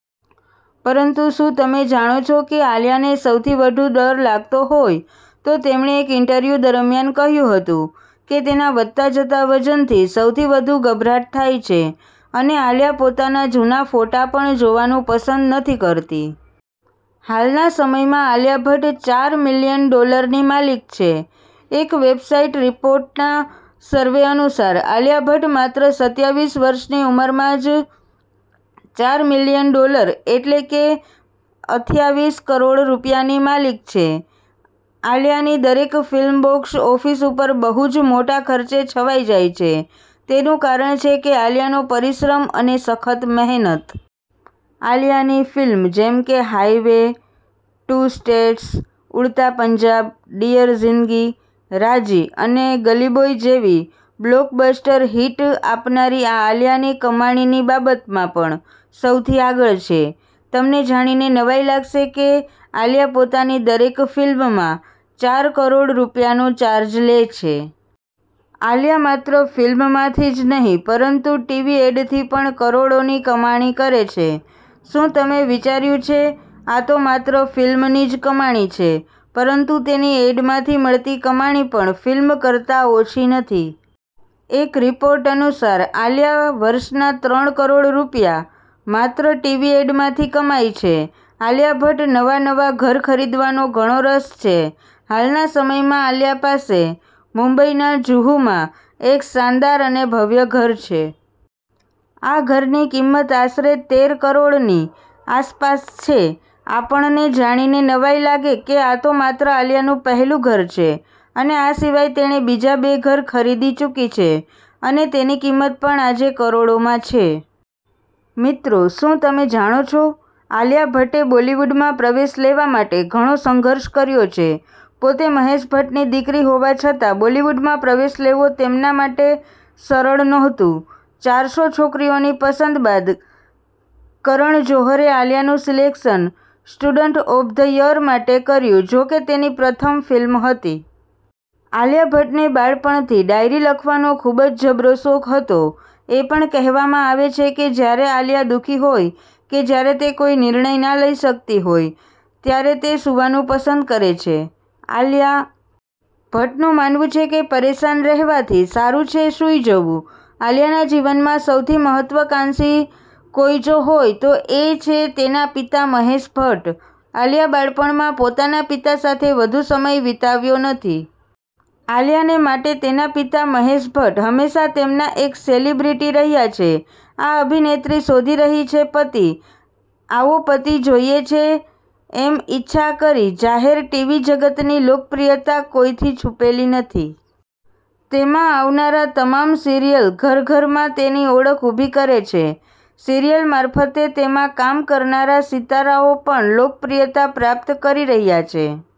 પરંતુ શું તમે જાણો છો કે આલિયાને સૌથી વધુ ડર લાગતો હોય તો તેમણે એક ઇન્ટરવ્યૂ દરમિયાન કહ્યું હતું કે તેના વધતા જતા વજનથી સૌથી વધુ ગભરાટ થાય છે. અને આલિયા પોતાના જુના ફોટા પણ જોવાનું પસંદ નથી કરતી. હાલના સમયમાં આલિયા ભટ્ટ ચાર મિલિયન ડોલરની માલિક છે. એક વેબસાઈટ રિપોર્ટના સર્વે અનુસાર આલિયા ભટ્ટ માત્ર સત્યાવીસ વર્ષની ઉંમરમાં જ ચાર મિલિયન ડોલર એટલે કે અથ્યાવીસ કરોડ રૂપિયાની માલિક છે. આલિયાની દરેક ફિલ્મ બોક્સ ઓફિસ ઉપર બહુ જ મોટા ખર્ચે છવાઈ જાય છે તેનું કારણ છે કે આલિયાનો પરિશ્રમ અને સખત મહેનત. આલિયાની ફિલ્મ જેમકે highway, two states, Udta Punjab, dear Zindagi, Raazi અને ગલી બોય જેવી બ્લોક બસ્ટર હિટ આપનારી આ આલિયાની કમાણીની બાબતમાં પણ સૌથી આગળ છે. તમને જાણીને નવાઈ લાગશે કે આલિયા પોતાની દરેક ફિલ્મમાં ચાર કરોડ રૂપિયાનો ચાર્જ લે છે. આલિયા માત્ર ફિલ્મ માંથી જ નહિ પરંતુ ટીવી એડ થી પણ કરોડોની કમાણી કરે છે. શું તમે વિચાર્યું છે આતો માત્ર ફિલ્મની જ કમાણી છે પરંતુ તેની એડ માંથી મળતી કમાણી પણ ફિલ્મ કરતા ઓછી નથી. એક રિપોર્ટ અનુસાર આલિયા વર્ષના ત્રણ કરોડ રૂપિયા માત્ર ટીવી એડ માંથી કમાય છે. આલિયા ભટ્ટ નવા નવા ઘર ખરીદવાનો ઘણો રસ છે. હાલના સમયમાં આલિયા પાસે મુંબઈના જુહુમાં એક શાનદાર અને ભવ્ય ઘર છે. આ ઘરની કિંમત આશરે તેર કરોડની આસપાસ છે. આપણને જાણીને નવાઈ લાગે કે આ તો માત્ર આલિયા નું પહેલું ઘર છે અને આ સિવાય તેણે બીજા બે ઘર ખરીદી ચૂકી છે અને તેની કિંમત પણ આજે કરોડોમાં છે. મિત્રો શું તમે જાણો છો? આલિયા ભટ્ટે બોલિવૂડમાં પ્રવેશ લેવા માટે ઘણો સંઘર્ષ કર્યો છે. પોતે મહેશ ભટ્ટની દીકરી હોવા છતાં બોલિવૂડમાં પ્રવેશ લેવો તેમના માટે સરળ નહોતું ચારસો છોકરીઓની પસંદ બાદ કરણ જોહરે આલિયાનું સિલેક્શન 'સ્ટુડન્ટ ઓફ ધ યર'માટે કર્યું જોકે તેની પ્રથમ ફિલ્મ હતી. આલિયા ભટ્ટ ને બાળપણથી ડાયરી લખવાનો ખૂબ જબરો શોખ હતો. એ પણ કહેવામાં આવે છે કે જ્યારે આલિયા દુઃખી હોય કે જ્યારે તે કોઈ નિર્ણય ના લઈ શક્તિ હોય ત્યારે તે સૂવાનું પસંદ કરે છે .આલિયા ભટ્ટ નું માનવું છે કે પરેશાન રહેવાથી સારું છે સુઈ જવું. આલિયાના જીવનમાં સૌથી મહત્વકાંક્ષી કોઈ જો હોય તો એ છે તેના પિતા મહેશ ભટ્ટ. આલિયા બાળપણમાં પોતાના પિતા સાથે વધુ સમય વિતાવ્યો નથી. આલિયા ને માટે તેના પિતા મહેશ ભટ્ટ હંમેશા તેમના એક સેલિબ્રિટી રહ્યા છે. આ અભિનેત્રી શોધી રહી છે પતિ, આવો પતિ જોઈએ છે એમ ઈચ્છા કરી જાહેર ટીવી જગત ની લોકપ્રિયતા કોઈ થી છુપેલી નથી. તેમાં આવનારા તમામ સિરિયલ ઘર ઘર માં તેની ઓળખ ઉભી કરે છે. સિરિયલ મારફતે તેમાં કામ કરનારા સિતારાઓ પણ લોકપ્રિયતા પ્રાપ્ત કરી રહ્યા છે.